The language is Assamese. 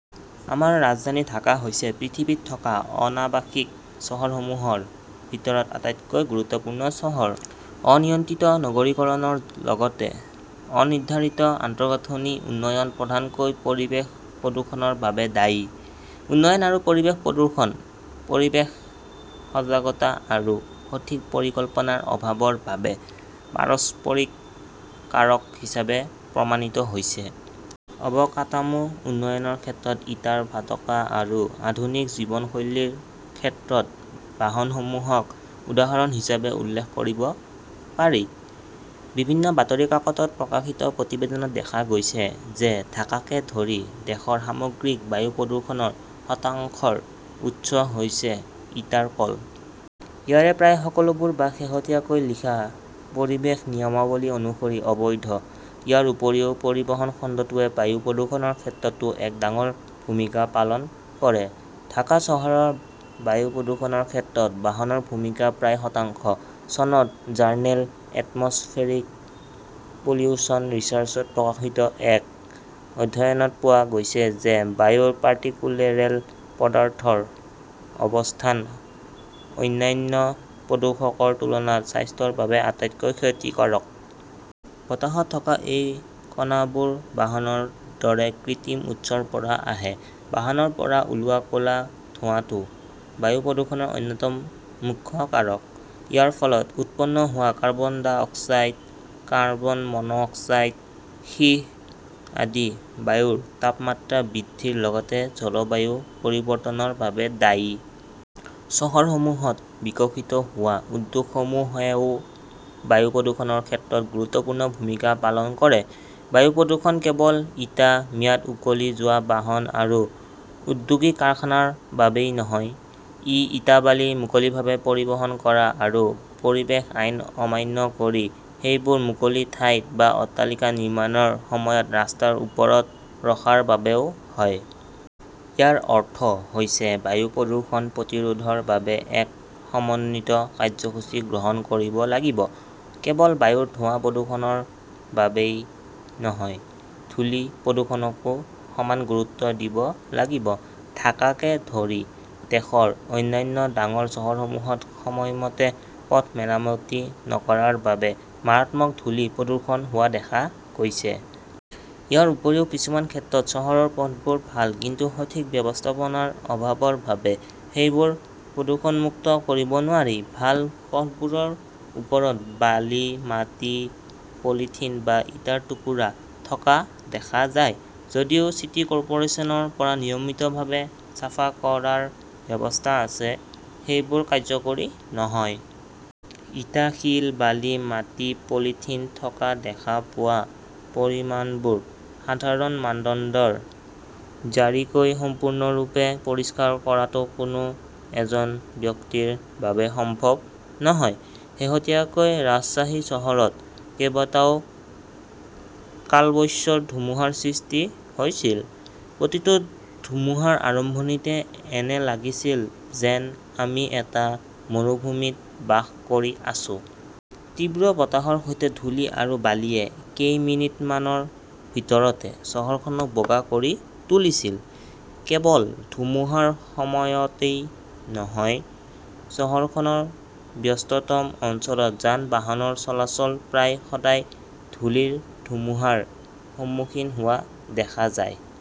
আমাৰ ৰাজধানী ঢাকা হৈছে পৃথিৱীত থকা অনাবাসিক চহৰসমূহৰ ভিতৰত আটাইতকৈ গুৰুত্বপূৰ্ণ চহৰ। অনিয়ন্ত্ৰিত নগৰীকৰণৰ লগতে অনিৰ্ধাৰিত আন্তঃগাঁথনি উন্নয়ন প্ৰধানকৈ পৰিৱেশ প্ৰদূষণৰ বাবে দায়ী। উন্নয়ন আৰু পৰিৱেশ প্ৰদূষণ পৰিৱেশ সজাগতা আৰু সঠিক পৰিকল্পনাৰ অভাৱৰ বাবে পাৰস্পৰিক কাৰক হিচাপে প্ৰমাণিত হৈছে। অবকাটামো উন্নয়নৰ ক্ষেত্ৰত ইটাৰ ভাটকা আৰু আধুনিক জীৱনশৈলীৰ ক্ষেত্ৰত বাহনসমূহক উদাহৰণ হিচাপে উল্লেখ কৰিব পাৰি। বিভিন্ন বাতৰি কাকতত প্ৰকাশিত প্ৰতিবেদনত দেখা গৈছে যে ঢাকাকে ধৰি দেশৰ সামগ্ৰিক বায়ু প্ৰদূষণৰ শতাংশৰ উৎস হৈছে ইটাৰ কল। ইয়াৰে প্ৰায় সকলোবোৰ বা শেহতীয়াকৈ লিখা পৰিৱেশ নিয়মাৱলী অনুসৰি অবৈধ। ইয়াৰ উপৰিও, পৰিবহণ খণ্ডটোৱে বায়ু প্ৰদূষণৰ ক্ষেত্ৰতো এক ডাঙৰ ভূমিকা পালন কৰে। ঢাকা চহৰৰ বায়ু প্ৰদূষণৰ ক্ষেত্ৰত বাহনৰ ভূমিকা প্ৰায় শতাংশ। চনত জাৰ্নেল "এটমছফেৰিক পলিউশ্যন ৰিচাৰ্চ ত প্ৰকাশিত এক অধ্যয়নত পোৱা গৈছে যে বায়ুৰ পাৰ্টিকুলেৰেল পদাৰ্থৰ অৱস্থান অন্যান্য প্ৰদূষকৰ তুলনাত স্বাস্থ্যৰ বাবে আটাইতকৈ ক্ষতিকাৰক। বতাহত থকা এই কণাবোৰ বাহনৰ দৰে কৃত্ৰিম উৎসৰ পৰা আহে। বাহনৰ পৰা ওলোৱা ক 'লা ধোৱাটো বায়ু প্ৰদূষণৰ অন্যতম মুখ্য কাৰক। ইয়াৰ ফলত উৎপন্ন হোৱা carbon dioxide, carbon monoxide, সীহ আদি বায়ুৰ তাপমাত্ৰা বৃদ্ধিৰ লগতে জলবায়ু পৰিৱৰ্তনৰ বাবে দায়ী। চহৰসমূহত বিকশিত হোৱা উদ্যোগসমূহেও বায়ু প্ৰদূষণৰ ক্ষেত্ৰত গুৰুত্বপূৰ্ণ ভূমিকা পালন কৰে। বায়ু প্ৰদূষণ কেৱল ইটা, ম্যাদ উকলি যোৱা বাহন আৰু ঔদ্যোগিক কাৰখানাৰ বাবেই নহয়, ই ইটা-বালি মুকলিভাৱে পৰিবহণ কৰা আৰু পৰিৱেশ আইন অমান্য কৰি সেইবোৰ মুকলি ঠাইত বা অট্টালিকা নিৰ্মাণৰ সময়ত ৰাস্তাৰ ওপৰত ৰখাৰ বাবেও হয়। ইয়াৰ অৰ্থ হৈছে বায়ু প্ৰদূষণ প্ৰতিৰোধৰ বাবে এক সমন্বিত কাৰ্যসূচী গ্ৰহণ কৰিব লাগিব, কেৱল বায়ুৰ ধোৱা প্ৰদূষণৰ বাবেই নহয়, ধূলি প্ৰদূষণকো সমান গুৰুত্ব দিব লাগিব। ঢাকাকে ধৰি দেশৰ অন্যান্য ডাঙৰ চহৰসমূহত সময়মতে পথ মেৰামতি নকৰাৰ বাবে মাৰাত্মক ধূলি প্ৰদূষণ হোৱা দেখা গৈছে। ইয়াৰ উপৰিও, কিছুমান ক্ষেত্ৰত চহৰৰ পথবোৰ ভাল, কিন্তু সঠিক ব্যৱস্থাপনাৰ অভাৱৰ বাবে সেইবোৰ প্ৰদূষণমুক্ত কৰিব নোৱাৰি। ভাল পথবোৰৰ ওপৰত বালি, মাটি, পলিথিন বা ইটাৰ টুকুৰা থকা দেখা যায়। যদিও চিটি কৰ্পোৰেচনৰ পৰা নিয়মিতভাৱে চাফা কৰাৰ ব্যৱস্থা আছে, সেইবোৰ কাৰ্যকৰী নহয়। ইটা-শিল-বালি-মাটি-পলিথিন থকা দেখা পোৱা পৰিমাণবোৰ সাধাৰণ মানদণ্ডৰ ঝাৰিকৈ সম্পূৰ্ণৰূপে পৰিষ্কাৰ কৰাটো কোনো এজন ব্যক্তিৰ বাবে সম্ভৱ নহয়। শেহতীয়াকৈ ৰাজশ্বাহী চহৰখনত কেইবাটাও কালবৈশ্বৰ ধুমুহাৰ সৃষ্টি হৈছিল। প্ৰতিটো ধুমুহাৰ আৰম্ভণিতে এনে লাগিছিল যেন আমি এটা মৰুভূমিত বাস কৰি আছো। তীব্ৰ বতাহৰ সৈতে ধূলি আৰু বালিৱে কেইমিনিটমানৰ ভিতৰতে চহৰখনক বগা কৰি তুলিছিল। কেৱল ধুমুহাৰ সময়তই নহয়, চহৰখনৰ ব্যস্ততম অঞ্চলত যান-বাহনৰ চলাচল প্ৰায় সদায় ধূলিৰ ধুমুহাৰ সন্মুখীন হোৱা দেখা যায়।